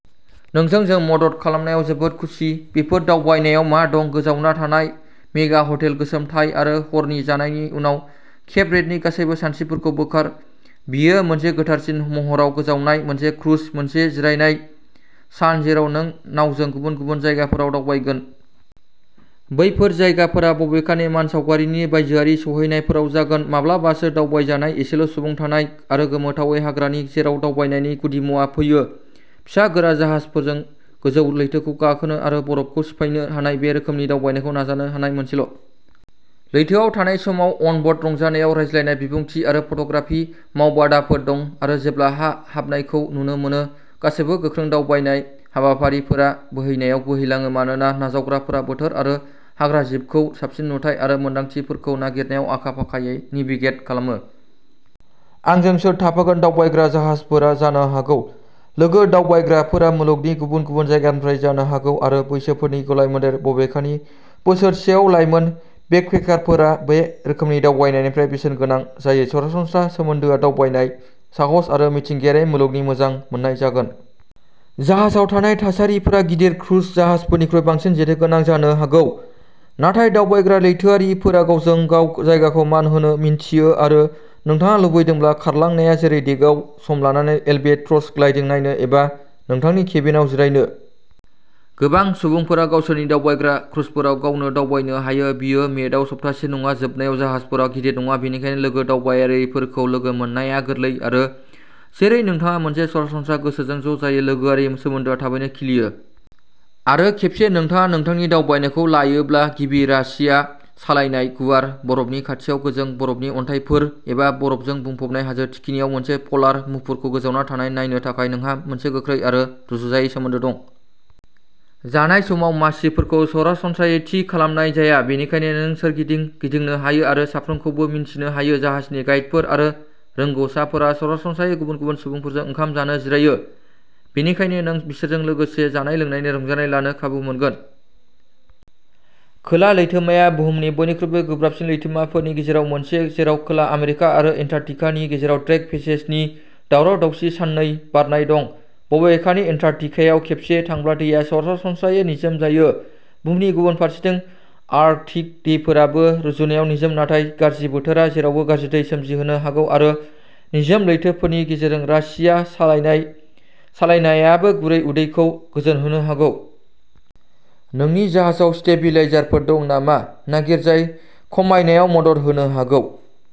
नोंजों जों मदद खालामनायाव जोबोद खुसि। बेफोर दावबायनायाव मा दं गोजावना थानाय मेगा हटेल गोसोम टाइ आरो हरनि जानायनि उनाव केबरेटनि गासैबो सानस्रिफोरखौ बोखार। बेयो मोनसे गोथारसिन महराव गोजावनाय मोनसे क्रुज मोनसे जिरायनाय सान जेराव नों नावजों गुबुन गुबुन जायगाफोराव दावबायगोन। बैफोर जायगाफोरा बबेखानि मानसावगारिनि बायजोआरि सौहैनायफोराव जागोन माब्लाबासो दावबायजानाय एसेल'सुबुं थानाय आरो गोमोथावै हाग्रानि। जेराव दावबायनायनि गुदिमुवा फैयो फिसा गोरा जाहाजफोरजों गोजौ लैथोखौ गाखोनो आरो बरफखौ सिफायनो हानाय बे रोखोमनि दावबायनायखौ नाजानो हानाय मोनसेल'। लैथोआव थानाय समाव अनबोर्ड रंजानायाव रायज्लायनाय बिबुंथि आरो फट'ग्राफि मावबादाफोर दं आरो जेब्ला हा हाबनायखौ नुनो मोनो गासैबो गोख्रों दावबायनाय हाबाफारिफोरा बोहैनायाव बोहैलाङो मानोना नावजावग्राफोरा बोथोर आरो हाग्राजिबखौ साबसिन नुथाय आरो मोनदांथिफोरखौ नागिरनायाव आखा फाखायै नेभिगेट खालामो। आंजों सोर थाफागोन दावबायग्रा जाहाजफोरा जानो हागौ। लोगो दावबायग्राफोरा मुलुगनि गुबुन गुबुन जायगानिफ्राय जानो हागौ आरो बैसोफोरनि गलायमोन्देर बबेखानि बोसोरसेआव लाइमोन बेकपेकारफोरा बे रोखोमनि दावबायनायनिफ्राय बेसेन गोनां जायो सरासनस्रा सोमोन्दोआ दावबायनाय साहस आरो मिथिंगायारि मुलुगनि मोजां मोननाय जागोन। जाहाजाव थानाय थासारिफोरा गिदिर क्रुज जाहाजफोरनिख्रुइ बांसिन जेथोगोनां जानो हागौ नाथाय दावबायग्रा लैथोआरिफोरा गावजों गाव जायगाखौ मान होनो मिन्थियो आरो नोंथाङा लुबैदोंब्ला खारलांनाया गोरलै डेकआव सम लानानै एलबेट्रस ग्लाइडिं नायनो एबा नोंथांनि केबिनआव जिरायनो। गोबां सुबुंफोरा गावसोरनि दावबायग्रा क्रुजफोराव गावनो दावबायनो हायो। बेयो मेडआव सप्तासे नङा जोबनायाव जाहाजफोरा गिदिर नङा बेनिखायनो लोगो दावबायारिफोरखौ लोगो मोननाया गोरलै आरो जेरै नोंथाङा मोनसे सरासनस्रा गोसोजों ज'जायो लोगोआरि सोमोन्दोआ थाबैनो खिलियो। आरो खेबसे नोंथाङा नोंथांनि दावबायनायखौ लायोब्ला। गिबि रासिया सालायनाय गुवार बरफनि खाथियाव गोजों बरफनि अन्थाइफोर एबा बरफजों बुंफबनाय हाजो थिखिनियाव मोनसे पोलार मुफुरखौ गोजावना थानाय नायनो थाखाय नोंहा मोनसे गोख्रै आरो रुजुजायै सोमोन्दो दं। जानाय समाव मासिफोरखौ सरासनस्रायै थि खालामनाय जाया बेनिखायनो नों सोरगिदिं गिदिंनो हायो आरो साफ्रोमखौबो मिन्थिनो हायो। जाहाजनि गाइडफोर आरो रोंग'साफोरा सरासनस्रायै गुबुन गुबुन सुबुंफोरजों ओंखाम जानो जिरायो बेनिखायनो नों बिसोरजों लोगोसे जानाय लोंनायनि रंजानाय लानो खाबु मोनगोन। खोला लैथोमाया बुहुमनि बयनिख्रुइबो गोब्राबसिन लैथोमाफोरनि गेजेराव मोनसे जेराव खोला आमेरिका आरो एन्टार्कटिकानि गेजेराव ड्रेक पेसेजनि दावराव दावसि साननै बारनाय दं। बबेखानि एन्टार्कटिकायाव खेबसे थांब्ला दैया सरासनस्रायै निजोम जायो। बुहुमनि गुबुन फारसेथिं आर्कटिक दैफोराबो रुजुनायाव निजोम नाथाय गाज्रि बोथोरा जेरावबो गाज्रि दै सोमजिहोनो हागौ आरो निजोम लैथोफोरनि गेजेरजों रासिया सालायनाय सालायनायाबो गुरै उदैखौ गोजोनहोनो हागौ। नोंनि जाहाजाव स्टेबिलाइजारफोर दं नामा नागिर जाय खमायनायाव मदद होनो हागौ।